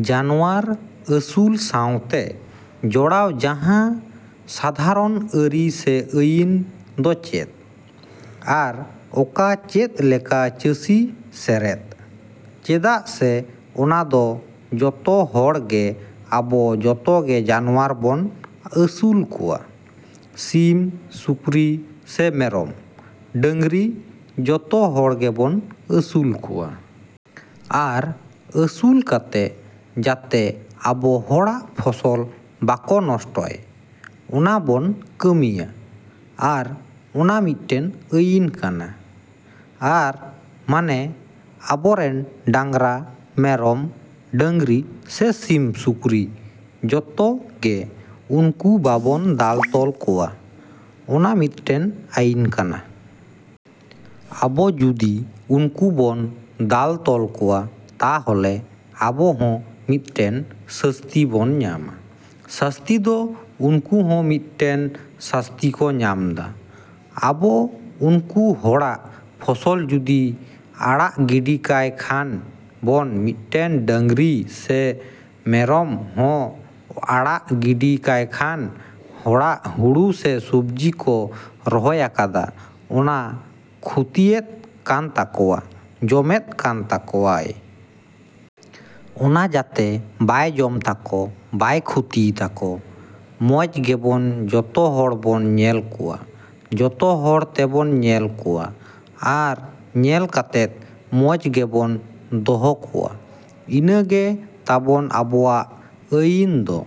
‎ᱡᱟᱱᱣᱟᱨ ᱟᱹᱥᱩᱞ ᱥᱟᱶᱛᱮ ᱡᱚᱲᱟᱣ ᱡᱟᱸᱦᱟ ᱥᱟᱫᱷᱟᱨᱚᱱ ᱟᱹᱨᱤ ᱥᱮ ᱟᱹᱭᱤᱱ ᱫᱚ ᱪᱮᱫ? ᱟᱨ ᱚᱠᱟ ᱪᱮᱫ ᱞᱮᱠᱟ ᱪᱟᱹᱥᱤ ᱥᱮᱨᱮᱫ? ᱪᱮᱫᱟᱜ ᱥᱮ ᱚᱱᱟ ᱫᱚ ᱡᱚᱛᱚ ᱦᱚᱲ ᱜᱮ ᱟᱵᱚ ᱡᱚᱛᱚ ᱜᱮ ᱡᱟᱱᱣᱟᱨ ᱵᱚᱱ ᱟᱹᱥᱩᱞ ᱠᱚᱣᱟ, ᱥᱤᱢ, ᱥᱩᱠᱨᱤ ᱥᱮ ᱢᱮᱨᱚᱢ, ᱰᱟᱹᱝᱨᱤ ᱡᱚᱛᱚ ᱦᱚᱲ ᱜᱮᱵᱚᱱ ᱟᱹᱥᱩᱞ ᱠᱚᱣᱟ᱾ ᱟᱨ ᱟᱹᱥᱩᱞ ᱠᱟᱛᱮ ᱡᱟᱛᱮ ᱟᱵᱚ ᱦᱚᱲᱟᱜ ᱯᱷᱚᱥᱚᱞ ᱵᱟᱠᱚ ᱱᱚᱥᱴᱚᱭ, ᱚᱱᱟ ᱵᱚᱱ ᱠᱟᱹᱢᱤᱭᱟ᱾ ᱟᱨ ᱚᱱᱟ ᱢᱤᱫᱴᱮᱱ ᱟᱹᱭᱤᱱ ᱠᱟᱱᱟ᱾ ᱟᱨ ᱢᱟᱱᱮ ᱟᱵᱚᱨᱮᱱ ᱰᱟᱝᱨᱟ, ᱢᱮᱨᱚᱢ, ᱰᱟᱹᱝᱨᱤ ᱥᱮ ᱥᱤᱢ, ᱥᱩᱠᱨᱤ ᱡᱚᱛᱚ ᱜᱮ ᱩᱱᱠᱩ ᱵᱟᱵᱚᱱ ᱫᱟᱞ ᱛᱚᱞ ᱠᱚᱣᱟ, ᱚᱱᱟ ᱢᱤᱫᱴᱮᱱ ᱟᱹᱭᱤᱱ ᱠᱟᱱᱟ᱾ ᱟᱵᱚ ᱡᱩᱫᱤ ᱩᱱᱠᱩ ᱵᱚᱱ ᱫᱟᱞ ᱛᱚᱞ ᱠᱚᱣᱟ ᱛᱟᱦᱚᱞᱮ ᱟᱵᱚ ᱦᱚᱸ ᱢᱤᱫᱴᱮᱱ ᱥᱟᱹᱥᱛᱤ ᱵᱚᱱ ᱧᱟᱢᱟ᱾ ᱥᱟᱹᱥᱛᱤ ᱫᱚ ᱩᱱᱠᱩ ᱦᱚᱸ ᱢᱤᱫᱴᱮᱱ ᱥᱟᱹᱥᱛᱤ ᱠᱚ ᱧᱟᱢᱫᱟ᱾ ᱟᱵᱚ ᱩᱱᱠᱩ ᱦᱚᱲᱟᱜ ᱯᱷᱚᱥᱚᱞ ᱡᱩᱫᱤ ᱟᱲᱟᱜ ᱜᱤᱰᱤ ᱠᱟᱭ ᱠᱷᱟᱱ ᱵᱚᱱ, ᱢᱤᱫᱴᱮᱱ ᱰᱟᱹᱝᱨᱤ ᱥᱮ ᱢᱮᱨᱚᱢ ᱦᱚᱸ ᱟᱲᱟᱜ ᱜᱤᱰᱤ ᱠᱟᱭᱠᱷᱟᱱ ᱦᱚᱲᱟᱜ ᱦᱩᱲᱩ ᱥᱮ ᱥᱚᱵᱽᱡᱤ ᱠᱚ ᱨᱚᱦᱚᱭ ᱟᱠᱟᱫᱟ, ᱚᱱᱟ ᱠᱷᱚᱛᱤᱭᱮᱫ ᱠᱟᱱ ᱛᱟᱠᱚᱣᱟᱭ, ᱡᱚᱢᱮᱫ ᱠᱟᱱ ᱛᱟᱠᱚᱣᱟᱭ᱾ ᱚᱱᱟ ᱡᱟᱛᱮ ᱵᱟᱭ ᱡᱚᱢ ᱛᱟᱠᱚ, ᱵᱟᱭ ᱠᱷᱚᱛᱤᱭ ᱛᱟᱠᱚ, ᱢᱚᱡᱽ ᱜᱮᱵᱚᱱ ᱡᱚᱛᱚ ᱦᱚᱲ ᱵᱚᱱ ᱧᱮᱞ ᱠᱚᱣᱟ, ᱡᱚᱛᱚ ᱦᱚᱲ ᱛᱮᱵᱚᱱ ᱧᱮᱞ ᱠᱚᱣᱟ᱾ ᱟᱨ ᱧᱮᱞ ᱠᱟᱛᱮᱫ ᱢᱚᱡᱽ ᱜᱮᱵᱚᱱ ᱫᱚᱦᱚ ᱠᱚᱣᱟ᱾ ᱤᱱᱟᱹ ᱜᱮ ᱛᱟᱵᱚᱱ ᱟᱵᱚᱣᱟᱜ ᱟᱹᱭᱤᱱ ᱫᱚ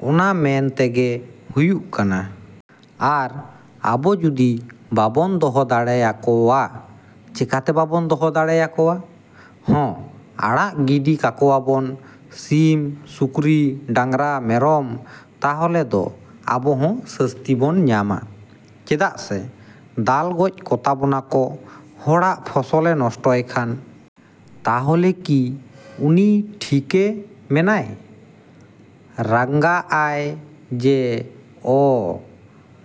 ᱚᱱᱟ ᱢᱮᱱ ᱛᱮᱜᱮ ᱦᱩᱭᱩᱜ ᱠᱟᱱᱟ᱾ ᱟᱨ ᱟᱵᱚ ᱡᱩᱫᱤ ᱵᱟᱵᱚᱱ ᱫᱚᱦᱚ ᱫᱟᱲᱮ ᱟᱠᱚᱣᱟ, ᱪᱮᱠᱟ ᱛᱮ ᱵᱟᱵᱚᱱ ᱫᱚᱦᱚ ᱫᱟᱲᱮᱭᱟᱠᱚᱣᱟ ᱦᱚᱸ ᱟᱲᱟᱜ ᱜᱤᱰᱤ ᱠᱟᱠᱚᱣᱟᱵᱚᱱ ᱥᱤᱢ, ᱥᱩᱠᱨᱤ, ᱰᱟᱝᱨᱟ, ᱢᱮᱨᱚᱢ, ᱛᱟᱦᱚᱞᱮ ᱫᱚ ᱟᱵᱚ ᱦᱚᱸ ᱥᱟᱹᱥᱛᱤ ᱵᱚᱱ ᱧᱟᱢᱟ᱾ ᱪᱮᱫᱟᱜ ᱥᱮ ᱫᱟᱞ ᱜᱚᱡ ᱠᱚᱛᱟ ᱵᱚᱱᱟ ᱠᱚ ᱦᱚᱲᱟᱜ ᱯᱷᱚᱥᱚᱞᱮ ᱱᱚᱥᱴᱚᱭ ᱠᱷᱟᱱ᱾ ᱛᱟᱦᱚᱞᱮ ᱠᱤ ᱩᱱᱤ ᱴᱷᱤᱠᱮ ᱢᱮᱱᱟᱭ, ᱨᱟᱸᱜᱟᱜ ᱟᱭ ᱡᱮ ᱚ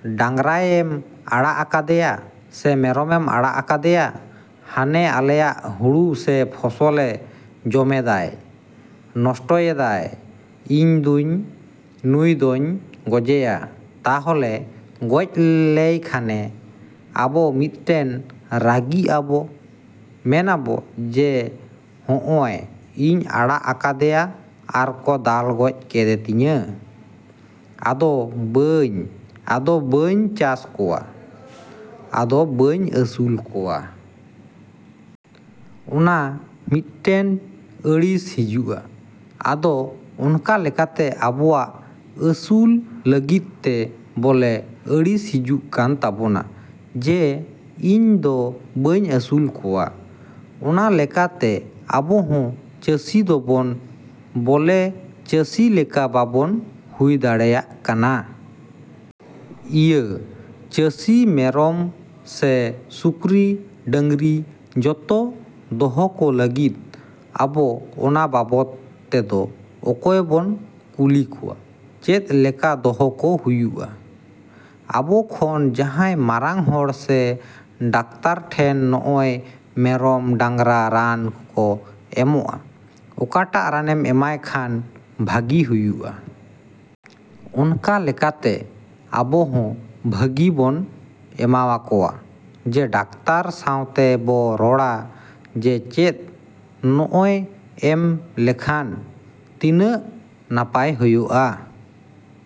ᱰᱟᱝᱨᱟᱭᱮᱢ ᱟᱲᱟᱜ ᱟᱠᱟᱫᱮᱭᱟ ᱥᱮ ᱢᱮᱨᱚᱢᱮᱢ ᱟᱲᱟᱜ ᱟᱠᱟᱫᱮᱭᱟ, ᱦᱟᱱᱮ ᱟᱞᱮᱭᱟᱜ ᱦᱩᱲᱩ ᱥᱮ ᱯᱷᱚᱥᱚᱞᱮ ᱡᱚᱢᱮᱫᱟᱭ, ᱱᱚᱥᱴᱚᱭᱮᱫᱟᱭ, ᱤᱧ ᱫᱚᱧ ᱱᱩᱭ ᱫᱚᱧ ᱜᱚᱡᱮᱭᱟ᱾ ᱛᱟᱦᱚᱞᱮ ᱜᱚᱡ ᱞᱮᱭᱠᱷᱟᱱᱮ ᱟᱵᱚ ᱢᱤᱫᱴᱮᱱ ᱨᱟᱹᱜᱤᱜ ᱟᱵᱚ ᱢᱮᱱᱟᱵᱚ ᱡᱮ ᱦᱚᱜᱼᱚᱭ ᱤᱧ ᱟᱲᱟᱜ ᱟᱠᱟᱫᱮᱭᱟ ᱟᱨ ᱠᱚ ᱫᱟᱞ ᱜᱚᱡ ᱠᱮᱫᱮ ᱛᱤᱧᱟᱹ, ᱟᱫᱚ ᱵᱟᱹᱧ ᱟᱫᱚ ᱵᱟᱹᱧ ᱪᱟᱥ ᱠᱚᱣᱟ, ᱟᱫᱚ ᱵᱟᱹᱧ ᱟᱹᱥᱩᱞ ᱠᱚᱣᱟ᱾ ᱚᱱᱟ ᱢᱤᱫᱴᱮᱱ ᱟᱹᱲᱤᱥ ᱦᱤᱡᱩᱜᱼᱟ᱾ ᱟᱫᱚ ᱚᱱᱠᱟ ᱞᱮᱠᱟᱛᱮ ᱟᱵᱚᱣᱟᱜ ᱟᱹᱥᱩᱞ ᱞᱟᱹᱜᱤᱫ ᱛᱮ ᱵᱚᱞᱮ ᱟᱹᱲᱤᱥ ᱦᱤᱡᱩᱜ ᱠᱟᱱ ᱛᱟᱵᱚᱱᱟ ᱡᱮ ᱤᱧ ᱫᱚ ᱵᱟᱹᱧ ᱟᱹᱥᱩᱞ ᱠᱚᱣᱟ᱾ ᱚᱱᱟ ᱞᱮᱠᱟ ᱛᱮ ᱟᱵᱚ ᱦᱚᱸ ᱪᱟᱹᱥᱤ ᱫᱚᱵᱚᱱ ᱵᱚᱞᱮ ᱪᱟᱹᱥᱤ ᱞᱮᱠᱟ ᱵᱟᱵᱚᱱ ᱦᱩᱭ ᱫᱟᱲᱮᱭᱟᱜ ᱠᱟᱱᱟ᱾ ᱤᱭᱟᱹ ᱪᱟᱹᱥᱤ ᱢᱮᱨᱚᱢ ᱥᱮ ᱥᱩᱠᱨᱤ, ᱰᱟᱹᱝᱨᱤ ᱡᱚᱛᱚ ᱫᱚᱦᱚ ᱠᱚ ᱞᱟᱹᱜᱤᱫ ᱟᱵᱚ ᱚᱱᱟ ᱵᱟᱵᱚᱫ ᱛᱮᱫᱚ ᱚᱠᱚᱭ ᱵᱚᱱ ᱠᱩᱞᱤ ᱠᱚᱣᱟ ᱪᱮᱫ ᱞᱮᱠᱟ ᱫᱚᱦᱚ ᱠᱚ ᱦᱩᱭᱩᱜᱼᱟ? ᱟᱵᱚ ᱠᱷᱚᱱ ᱡᱟᱦᱟᱸᱭ ᱢᱟᱨᱟᱝ ᱦᱚᱲ ᱥᱮ ᱰᱟᱠᱛᱟᱨ ᱴᱷᱮᱱ ᱱᱚᱜᱼᱚᱭ ᱢᱮᱨᱚᱢ ᱰᱟᱝᱨᱟ ᱨᱟᱱ ᱠᱚᱠᱚ ᱮᱢᱚᱜᱼᱟ, ᱚᱠᱟᱴᱟᱜ ᱨᱟᱱᱮᱢ ᱮᱢᱟᱭ ᱠᱷᱟᱱ ᱵᱷᱟᱹᱜᱤ ᱦᱩᱭᱩᱜᱼᱟ᱾ ᱚᱱᱠᱟ ᱞᱮᱠᱟᱛᱮ ᱟᱵᱚ ᱦᱚᱸ ᱵᱷᱟᱹᱜᱤ ᱵᱚᱱ ᱮᱢᱟᱣᱟᱠᱚᱣᱟ ᱡᱮ ᱰᱟᱠᱛᱟᱨ ᱥᱟᱣᱛᱮ ᱵᱚ ᱨᱚᱲᱟ ᱡᱮ ᱪᱮᱫ ᱱᱚᱜᱼᱚᱭ ᱮᱢ ᱞᱮᱠᱷᱟᱱ ᱛᱤᱱᱟ.ᱜ ᱱᱟᱯᱟᱭ ᱦᱳᱭᱳᱜ ᱟ᱾